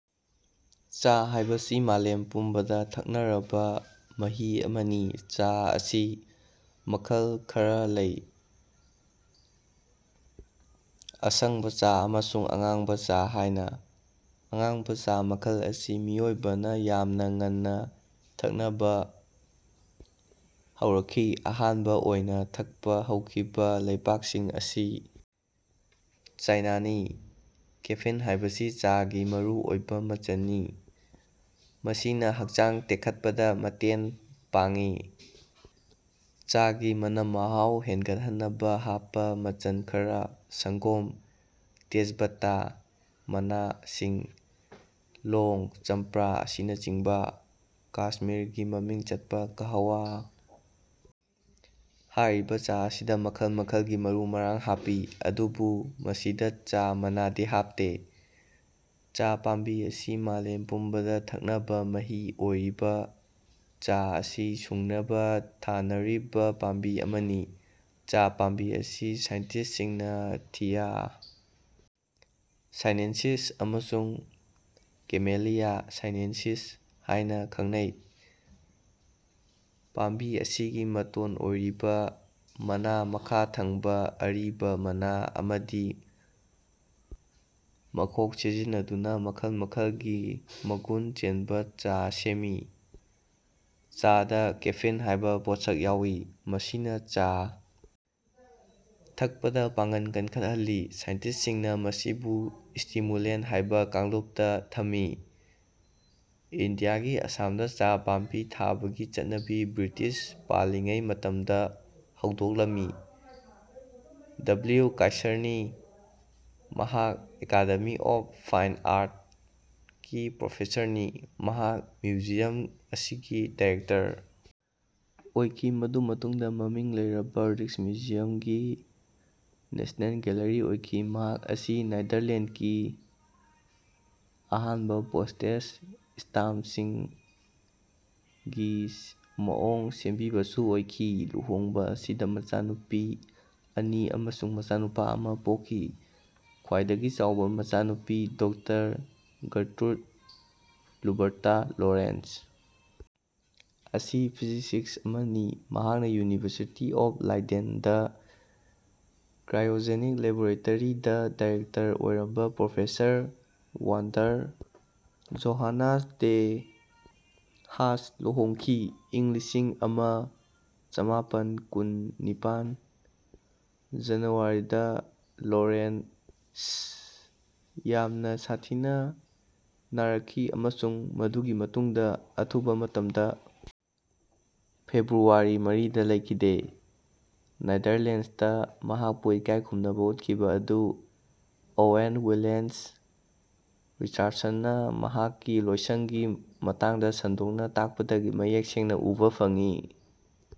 ꯆꯥ ꯍꯥꯏꯕꯁꯤ ꯃꯥꯂꯦꯝ ꯄꯨꯝꯕꯗ ꯊꯛꯅꯔꯕ ꯃꯍꯤ ꯑꯃꯅꯤ꯫ ꯆꯥ ꯑꯁꯤ ꯃꯈꯜ ꯈꯔꯥ ꯂꯩ ꯑꯁꯪꯕ ꯆꯥ ꯑꯃꯁꯨꯡ ꯑꯉꯥꯡꯕ ꯆꯥ ꯍꯥꯏꯅ꯫ ꯑꯉꯥꯡꯕ ꯆꯥ ꯃꯈꯜ ꯑꯁꯤ ꯃꯤꯑꯣꯏꯕꯅ ꯌꯥꯝꯅ ꯉꯟꯅ ꯊꯛꯅꯕ ꯍꯧꯔꯛꯈꯤ ꯑꯍꯥꯟꯕ ꯑꯣꯏꯅ ꯊꯛꯄ ꯍꯧꯈꯤꯕ ꯂꯩꯄꯥꯛ ꯑꯁꯤ ꯆꯥꯏꯅꯅꯤ꯫ ꯀꯦꯐꯤꯟ ꯍꯥꯏꯕꯁꯤ ꯆꯥ ꯒꯤ ꯃꯔꯨ ꯑꯣꯏꯕ ꯃꯆꯟꯅꯤ꯫ ꯃꯁꯤꯅ ꯍꯛꯆꯥꯡ ꯇꯦꯛꯈꯠꯄꯗ ꯃꯇꯦꯟ ꯄꯥꯡꯏ꯫ ꯆꯥ ꯒꯤ ꯃꯅꯝ ꯃꯍꯥꯎ ꯍꯦꯟꯒꯠꯍꯟꯅꯕ ꯍꯥꯞꯄ ꯃꯆꯟ ꯈꯔ ꯁꯪꯒꯣꯝ ꯇꯦꯖꯄꯇ ꯃꯅꯥ ꯁꯤꯡ ꯂꯣꯡ ꯆꯝꯄ꯭ꯔꯥ ꯑꯁꯤꯅ ꯆꯤꯡꯕ꯫ ꯀꯁꯃꯤꯔꯒꯤ ꯃꯃꯤꯡ ꯆꯠꯄ ꯀꯥꯍꯋꯥ ꯍꯥꯏꯔꯤꯕ ꯆꯥ ꯑꯁꯤꯗ ꯃꯈꯜ ꯃꯈꯜꯒꯤ ꯃꯔꯨ ꯃꯔꯥꯡ ꯍꯥꯞꯄꯤ ꯑꯗꯨꯕꯨ ꯃꯁꯤꯗ ꯆꯥ ꯃꯅꯥꯗꯤ ꯍꯥꯞꯇꯦ꯫ ꯆꯥ ꯄꯥꯝꯕꯤ ꯑꯁꯤ ꯃꯥꯂꯦꯝ ꯄꯨꯝꯕꯗ ꯊꯛꯅꯕ ꯃꯍꯤ ꯑꯣꯢꯔꯤꯕ ꯆꯥ ꯑꯁꯤ ꯁꯨꯡꯅꯕ ꯊꯥꯟꯅꯔꯤꯕ ꯄꯥꯝꯕꯤ ꯑꯃꯅꯤ꯫ ꯆꯥ ꯄꯥꯝꯕꯤ ꯑꯁꯤ ꯁꯥꯏꯟꯇꯤꯁ ꯁꯤꯡꯅ ꯊꯤꯌꯥ ꯁꯥꯏꯅꯦꯟꯁꯤꯁ ꯑꯃꯁꯨꯡ ꯀꯦꯃꯤꯂꯤꯌꯥ ꯁꯥꯏꯅꯦꯟꯁꯤꯁ ꯍꯥꯏꯅ ꯈꯪꯅꯩ꯫ ꯄꯥꯝꯕꯤ ꯑꯁꯤꯒꯤ ꯃꯇꯣꯟ ꯑꯣꯏꯔꯤꯕ ꯃꯅꯥ ꯃꯈꯥ ꯊꯪꯕ ꯑꯔꯤꯕ ꯃꯅꯥ ꯑꯃꯗꯤ ꯃꯈꯣꯛ ꯁꯤꯖꯤꯟꯅꯗꯨꯅ ꯃꯈꯜ ꯃꯈꯜ ꯒꯤ ꯃꯒꯨꯟ ꯆꯦꯟꯕ ꯆꯥ ꯁꯦꯝꯃꯤ꯫ ꯆꯥ ꯗ ꯀꯦꯐꯤꯟ ꯍꯥꯏꯕ ꯄꯣꯠꯁꯛ ꯌꯥꯎꯏ꯫ ꯃꯁꯤꯅ ꯆꯥ ꯊꯛꯄꯗ ꯄꯥꯡꯒꯜ ꯇꯦꯛꯈꯠꯍꯜꯂꯤ꯫ ꯁꯥꯏꯟꯇꯤꯁ ꯁꯤꯡꯅ ꯃꯁꯤꯕꯨ ꯁ꯭ꯇꯤꯃꯨꯂꯦꯟꯠ ꯍꯥꯏꯕ ꯀꯥꯡꯂꯨꯞꯇ ꯊꯝꯃꯤ꯫ ꯏꯟꯗꯤꯌꯥꯒꯤ ꯑꯁꯥꯝ ꯗ ꯆꯥ ꯄꯥꯝꯕꯤ ꯊꯥꯕꯒꯤ ꯆꯠꯅꯕꯤ ꯕ꯭ꯔꯤꯇꯤꯁ ꯄꯥꯟꯂꯤꯉꯩ ꯃꯇꯝꯗ ꯍꯧꯗꯣꯛꯂꯝꯃꯤ꯫ ꯗꯕꯜꯌꯨ ꯀꯥꯏꯁꯔꯅꯤ ꯃꯍꯥꯛ ꯑꯦꯀꯥꯗꯦꯃꯤ ꯑꯣꯐ ꯐꯥꯏꯟ ꯑꯥꯔꯠꯁꯀꯤ ꯄ꯭ꯔꯣꯐꯦꯁꯔꯅꯤ꯫ ꯃꯍꯥꯛ ꯃ꯭ꯌꯨꯖꯤꯌꯝ ꯑꯁꯤꯒꯤ ꯗꯤꯔꯦꯛꯇꯔ ꯑꯣꯏꯈꯤ ꯃꯗꯨ ꯃꯇꯨꯡꯗ ꯃꯃꯤꯡ ꯂꯩꯔꯕ ꯔꯤꯖꯛ꯭ꯁꯃ꯭ꯌꯨꯖꯤꯌꯝꯒꯤ ꯅꯦꯁ꯭ꯅꯦꯜ ꯒꯦꯜꯂꯤ ꯑꯣꯏꯈꯤ꯫ ꯃꯍꯥꯛ ꯑꯁꯤ ꯅꯦꯗꯔꯂꯦꯟ꯭ꯁꯀꯤ ꯑꯍꯥꯟꯕ ꯄꯣꯁ꯭ꯇꯦꯖ ꯁ꯭ꯇꯥꯝꯞꯁꯤꯡꯒꯤ ꯃꯑꯣꯡ ꯁꯦꯝꯕꯤꯕꯁꯨ ꯑꯣꯏꯈꯤ꯫ ꯂꯨꯍꯣꯡꯕ ꯑꯁꯤꯗꯒꯤ ꯃꯆꯥꯅꯨꯄꯤ ꯑꯅꯤ ꯑꯃꯁꯨꯡ ꯃꯆꯥꯅꯨꯄꯥ ꯑꯃ ꯄꯣꯛꯈꯤ꯫ ꯈ꯭ꯋꯥꯏꯗꯒꯤ ꯆꯥꯎꯕ ꯃꯆꯥꯅꯨꯄꯤ ꯗꯣꯛꯇꯔ ꯒꯤꯔꯇ꯭ꯔꯨꯏꯗꯥ ꯂꯨꯕꯔꯇꯥ ꯂꯣꯔꯦꯟꯠꯖ ꯑꯁꯤ ꯐꯤꯖꯤꯁꯤꯁꯠ ꯑꯃꯅꯤ꯫ ꯃꯍꯥꯛꯅ ꯌꯨꯅꯤꯚꯔꯁꯤꯇꯤ ꯑꯣꯐ ꯂꯥꯏꯗꯦꯟꯗ ꯀ꯭ꯔꯥꯏꯑꯣꯖꯦꯟꯛ ꯂꯦꯕꯣꯔꯇꯣꯔꯤꯗ ꯗꯤꯔꯦꯛꯇꯔ ꯑꯣꯏꯔꯝꯕ professor Wander Johannes de Haas ꯂꯨꯍꯣꯡꯈꯤ꯫ ꯏꯪ ꯂꯤꯁꯤꯡ ꯑꯃ ꯆꯃꯥꯄꯟ ꯀꯨꯟ ꯅꯤꯄꯥꯟ ꯖꯅꯨꯋꯥꯔꯤꯗ ꯂꯣꯔꯦꯟꯠꯖ ꯌꯥꯝꯅ ꯁꯥꯊꯤꯅ ꯅꯥꯔꯛꯈꯤ, ꯑꯃꯁꯨꯡ ꯃꯗꯨꯒꯤ ꯃꯇꯨꯡꯗ ꯑꯊꯨꯕ ꯃꯇꯝꯗ ꯐꯦꯕ꯭ꯔꯨꯋꯥꯔꯤ ꯃꯔꯤꯗ ꯂꯩꯈꯤꯗꯦ꯫ ꯅꯦꯗꯔꯂꯦꯟꯁꯇ ꯃꯍꯥꯛꯄꯨ ꯏꯀꯥꯏꯈꯨꯝꯅꯕ ꯎꯠꯈꯤꯕ ꯑꯗꯨ ꯑꯣꯋꯦꯟ ꯋꯤꯂꯟ꯭ꯁ ꯔꯤꯆꯥꯔꯗꯁꯟꯅ ꯃꯍꯥꯛꯀꯤ ꯂꯣꯏꯁꯡꯒꯤ ꯃꯇꯥꯡꯗ ꯁꯟꯗꯣꯛꯅ ꯇꯥꯛꯄꯗꯒꯤ ꯃꯌꯦꯛ ꯁꯦꯡꯅ ꯎꯕ ꯐꯪꯉꯤ꯫